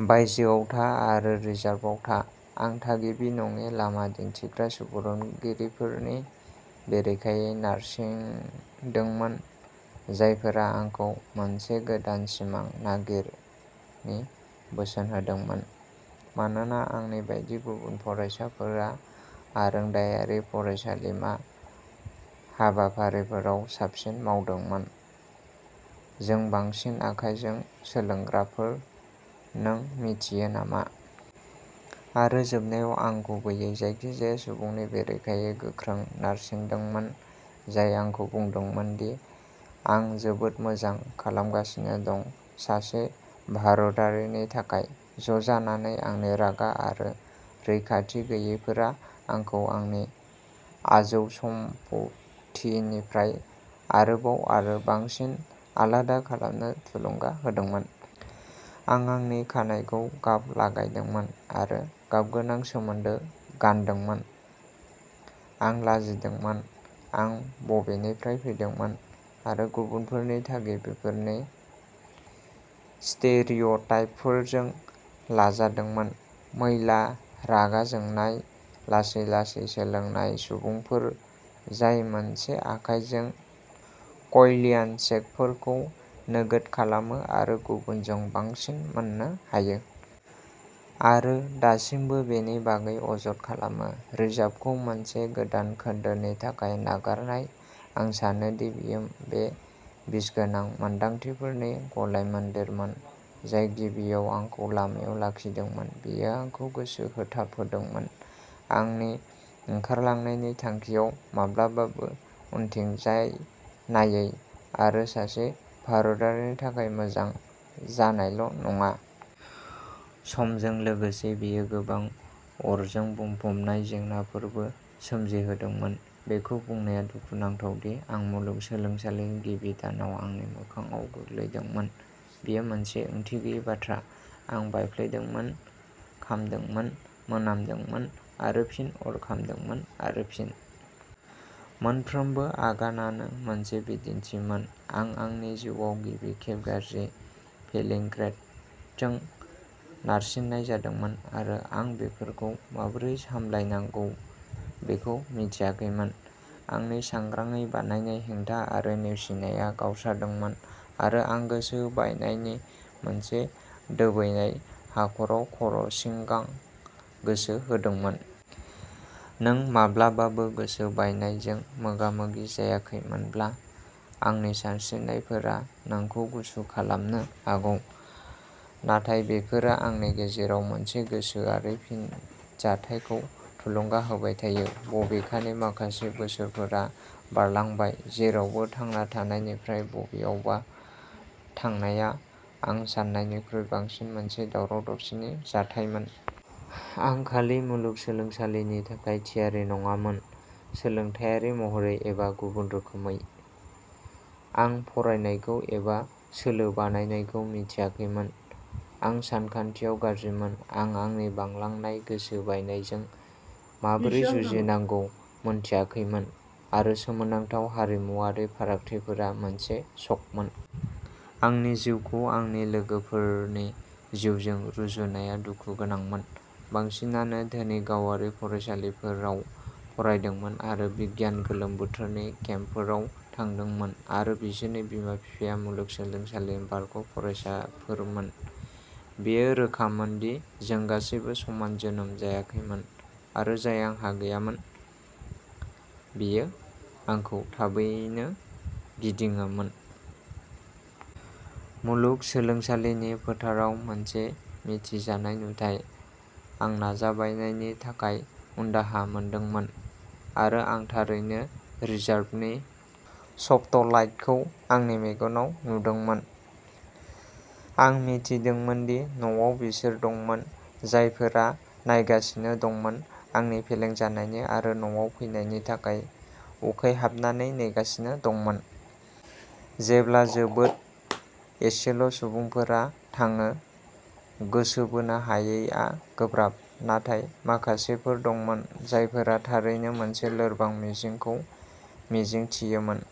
बायजोआव था आरो रिजार्भआव था। आं थागिबि-नङि लामा दिन्थिग्रा सुबुरुनगिरिफोरनि बेरेखायै नारसिंदोंमोन, जायफोरा आंखौ "मोनसे गोदान सिमां नागिर" नि बोसोन होदोंमोन, मानोना आंनि बायदि गुबुन फरायसाफोरा आरोंदायारि फरायसालिमा हाबाफारिफोराव साबसिन मावदोंमोन। जों बांसिन, आखायजों सोलोंग्राफोर, नों मिथियो नामा? आरो जोबनायाव, आं गुबैयै जायखिजाया सुबुंनि बेरेखायै गोख्रों नारसिन्दोंमोन, जाय आंखौ बुंदोंमोन दि आं जोबोद मोजां खालामगासिनो दं। सासे भारतारिनि थाखाय। ज'जानानै, आंनि रागा आरो रैखाथि गैयैफोरा आंखौ आंनि आजौसमफथिनिफ्राय आरोबाव आरो बांसिन आलादा खालामनो थुलुंगा होदोंमोन। आं आंनि खानाइखौ गाब लागायदोंमोन आरो गाबगोनां सोमोन्दो गानदोंमोन। आं लाजिदोंमोन आं बबेनिफ्राय फैदोंमोन, आरो गुबुनफोरनि थागिबिफोरनि स्टेरियोटाइपफोरजों लाजादोंमोनः मैला, रागा जोंनाय, लासै-लासै सोलोंनाय सुबुंफोर जाय मोनसे आखाइजों कल्याण चेकफोरखौ नोगोद खालामो आरो गुबुनजों बांसिन मोननो हायो... आरो दासिमबो बेनि बागै अजद खालामो। रिजार्भखौ मोनसे गोदान खोन्दोनि थाखाय नागारनाय। आं सानो दि बेयो बे बिसगोनां मोन्दांथिफोरनि गलायमोनदेरमोन जाय गिबियाव आंखौ लामायाव लाखिदोंमोन। बेयो आंखौ गोसो होथाबहोदोंमोन। आंनि ओंखारलांनायनि थांखिआव, माब्लाबाबो उनथिंजाय नायै, आरो सासे भारतारिनि थाखाय मोजां जानायल'नङा। समजों लोगोसे, बेयो गोबां अरजों बुंफबनाय जेंनाफोरबो सोमजिहोदोंमोन। बेखौ बुंनाया दुखुनांथाव दि आं मुलुगसोलोंसालिनि गिबि दानाव आंनि मोखांआव गोग्लैदोंमोन, बेयो मोनसे ओंथि गैयै बाथ्रा। आं बायफ्लेदोंमोन, खामदोंमोन, मोनामदोंमोन, आरो फिन अर खामदोंमोन। आरो फिन। मोनफ्रोमबो आगानानो मोनसे बिदिन्थिमोन। आं आंनि जिउआव गिबि खेब गाज्रि, फेलिं ग्रेडजों नारसिन्नाय जादोंमोन आरो आं बेफोरखौ माबोरै सामलायनांगौ बेखौ मिन्थियाखैमोन। आंनि सांग्राङै बानायनाय हेंथा आरो नेवसिनाया गावस्रादोंमोन, आरो आं गोसो बायनायनि मोनसे दोबैनाय हाखराव खर'सिगां गोसो होदोंमोन। नों माब्लाबाबो गोसो बायनायजों मोगा-मोगि जायाखैमोनब्ला, आंनि सानस्रिनायफोरा नोंखौ गुसु खालामनो हागौ। नाथाय बेफोरो आंनि गेजेराव मोनसे गोसोआरि फिनजाथायखौ थुलुंगा होबाय थायो, बबेखानि माखासे बोसोरफोरा बारलांबाय। जेरावबो थांना थानायनिफ्राय बबेयावबा थांनाया आं सान्नायनिख्रुइ बांसिन मोनसे दावराव-दावसिनि जाथायमोन। आं खालि। मुलुग सोलोंसालिनि थाखाय थियारि नङामोन; सोलोंथायारि महरै एबा गुबुन रोखोमै। आं फरायनायखौ एबा सोलो बानायनायखौ मिथियाखैमोन, आं सानखान्थियाव गाज्रिमोन, आं आंनि बांलांनाय गोसो बायनायजों माबोरै जुजिनांगौ मोनथियाखैमोन, आरो सोमोनांथाव हारिमुआरि फारागथिफोरा मोनसे शकमोन। आंनि जिउखौ आंनि लोगोफोरनि जिउजों रुजुननाया दुखु गोनांमोन। बांसिनानो धोनि गावारि फरायसालिफोराव फरायदोंमोन आरो बिगियान गोलोम बोथोरनि केम्पफोराव थांदोंमोन, आरो बिसोरनि बिमा-बिफाया मुलुगसोलोंसालिनि बारग'फरायसाफोरमोन। बेयो रोखामोन दि जों गासैबो समान जोनोम जायाखैमोन, आरो जाय आंहा गैयामोन बेयो आंखौ थाबैनो गिदिङोमोन। मुलुग सोलोंसालिनि फोथाराव मोनसे मिथिजानाय नुथाय। आं नाजाबायनायनि थाखाय उनदाहा मोनदोंमोन, आरो आं थारैनो रिजार्भनि स्पटलाइटखौ आंनि मेगनाव नुदोंमोन। आं मिथिदोंमोन दि न'आव बिसोर दंमोन जायफोरा नायगासिनो दंमोन, आंनि फेलें जानायनि आरो न'आव फैनायनि थाखाय उखैहाबनानै नेगासिनो दंमोन। जेब्ला जोबोद एसेल'सुबुंफोरा थाङो, गोसो बोनो हायैआ गोब्राब। नाथाय माखासेफोर दंमोन जायफोरा थारैनो मोनसे लोरबां मिजिंखौ मिजिंथियोमोन।